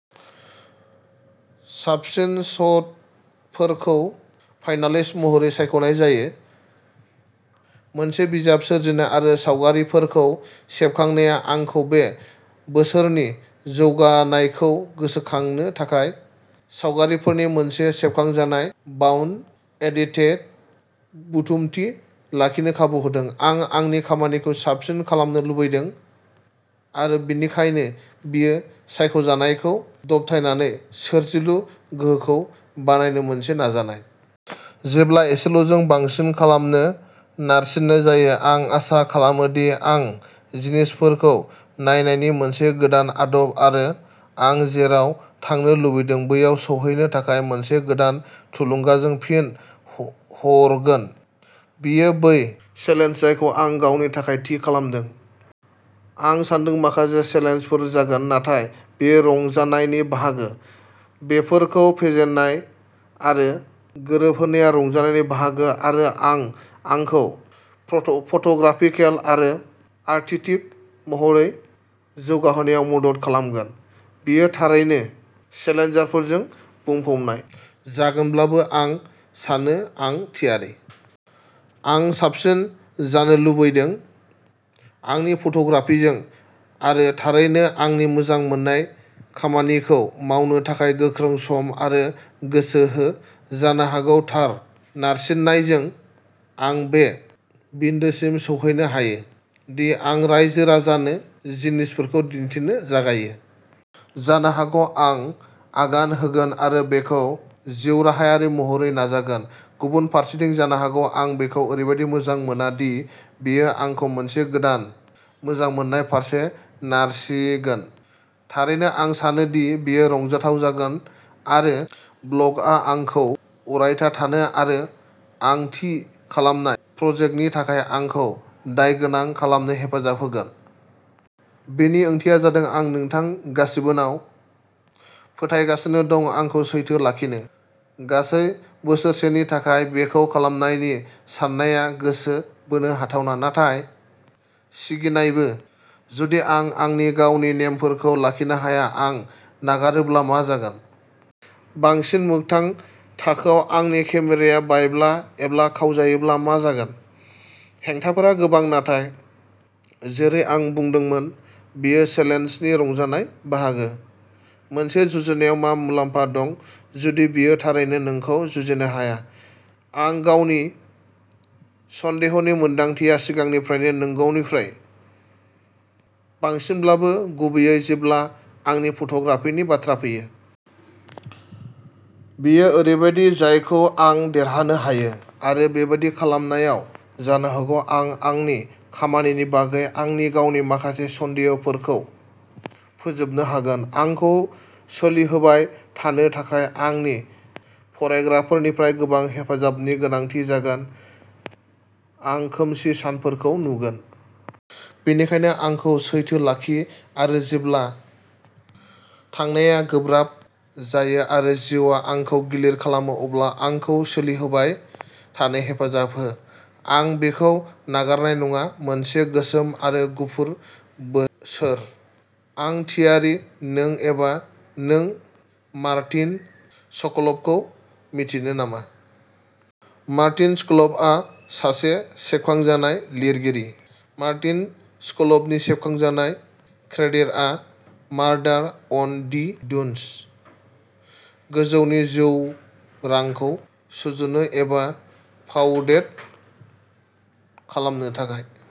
साबसिन शटफोरखौ फाइनालिस्ट महरै सायख'नाय जायो। मोनसे बिजाब सोरजिनाय आरो सावगारिफोरखौ सेबखांनाया आंखौ बे बोसोरनि जौगानायखौ गोसोखांनो थाखाय सावगारिफोरनि मोनसे सेबखांजानाय बाउन्ड एडिटेड बुथुमथि लाखिनो खाबु होगोन। आं आंनि खामानिखौ साबसिन खालामनो लुबैदों आरो बेनिखायनो बेयो सायख'नायफोरखौ दबथायनानै सोरजिलु गोहोखौ बाहायनो मोनसे नाजानाय। जेब्ला एसेल'जों बांसिन खालामनो नारसिननाय जायो। आं आसा खालामो दि आं जिनिसफोरखौ नायनायनि मोनसे गोदान आदब आरो आं जेराव थांनो लुबैदों बैयाव सौहैनो थाखाय मोनसे गोदान थुलुंगाजों फिन हरगोन। बेयो बै चेलेन्ज जायखौ आं गावनि थाखाय थि खालामदों। आं सान्दों माखासे चेलेन्जफोर जागोन। नाथाय बेयो रंजानायनि बाहागो। बेफोरखौ फेजेननाय आरो गोरोबहोनाया रंजानायनि बाहागो आरो मा आंखौ फट'ग्राफिकेल आरो आर्टिटिक महरै जौगाहोनायाव मदद खालामगोन। बेयो थारैनो चेलेन्जारफोरजों बुंफबनाय जागोनब्लाबो आं सानो आं थियारि। आं साबसिन जानो लुबैदों। आंनि फट'ग्राफिजों आरो थारैनो आंनि मोजां मोननाय खामानिखौ मावनो थाखाय गोख्रों सम आरो गोसो हो। जानो हागौ थार नारसिननायजों आं बे बिन्दोसिम सौहैनो हायो दि आं रायजो-राजानो जिनिसफोरखौ दिन्थिनो जागायो। जानो हागौ आं आगान होगोन आरो बेखौ जिउराहायारि महरै नाजागोन। गुबुन फारसेथिं जानो हागौ आं बेखौ ओरैबादि मोजां मोना दि बेयो आंखौ मोनसे गोदान मोजांमोननाय फारसे नारसिगोन। थारैनो आं सानो दि बेयो रंजाथाव जागोन आरो ब्ल'गआ आंखौ अरायथा थानो आरो आं थि खालामनाय प्रजेक्टनि थाखाय आंखौ दायगोनां खालामनो हेफाजाब होगोन। बेनि ओंथिया जादों आं नोंथां गासिबोनाव फोथायगासिनो दं आंखौ सैथो लाखिनो! गासै बोसोरसेनि थाखाय बेखौ खालामनायनि साननाया गोसो बोनो हाथावना। नाथाय सिगिनायबो। जुदि आं आंनि गावनि नेमफोरखौ लाखिनो हाया? आं नागारोब्ला मा जागोन? बांसिन मोगथां थाखोआव आंनि केमेराया बायब्ला एबा खावजायोब्ला मा जागोन? हेंथाफोरा गोबां। नाथाय जेरै आं बुंदोंमोन, बेयो चेलेन्जनि रंजानाय बाहागो। मोनसे जुजिनायाव मा मुलाम्फा दं। जुदि बेयो थारैनो नोंखौ जुजिनो हाया? आं गावनि सन्देहनि मोनदांथिया सिगांनिफ्रायनो नांगौनिख्रुइ बांसिनब्लाबो गुबैयै जेब्ला आंनि फट'ग्राफिनि बाथ्रा फैयो। बेयो ओरैबायदि जायखौ आं देरहानो हायो। आरो बेबादि खालामनायाव जानो हागौ आं आंनि खामानिनि बागै आंनि गावनि माखासे सन्देहफोरखौ फोजोबनो हागोन। आंखौ सोलिहोबाय थानो थाखाय आंनि फरायग्राफोरनिफ्राय गोबां हेफाजाबनि गोनांथि जागोन। आं खोमसि सानफोरखौ नुगोन। बेनिखायनो आंखौ सैथो लाखि आरो जेब्ला थांनायआ गोब्राब जायो आरो जिउआ आंखौ गिलिर खालामो अब्ला आंखौ सोलिहोबाय थानो हेफाजाब हो। आं बेखौ नागारनाय नङा। मोनसे गोसोम आरो गुफुर बोसोर। आं थियारि नों एबा नों मार्टिन सक'लफखौ मिन्थियो नामा? मार्टिन सिक’लफआ सासे सेबखांजानाय लिरगिरि। मार्टिन सिक'लफनि सेबखांजानाय क्रेडिटआ मार्डार अन दि डुनस। गोजौनि जिउरांखौ सुजुनो एबा काउदेट खालामनो थाखाय।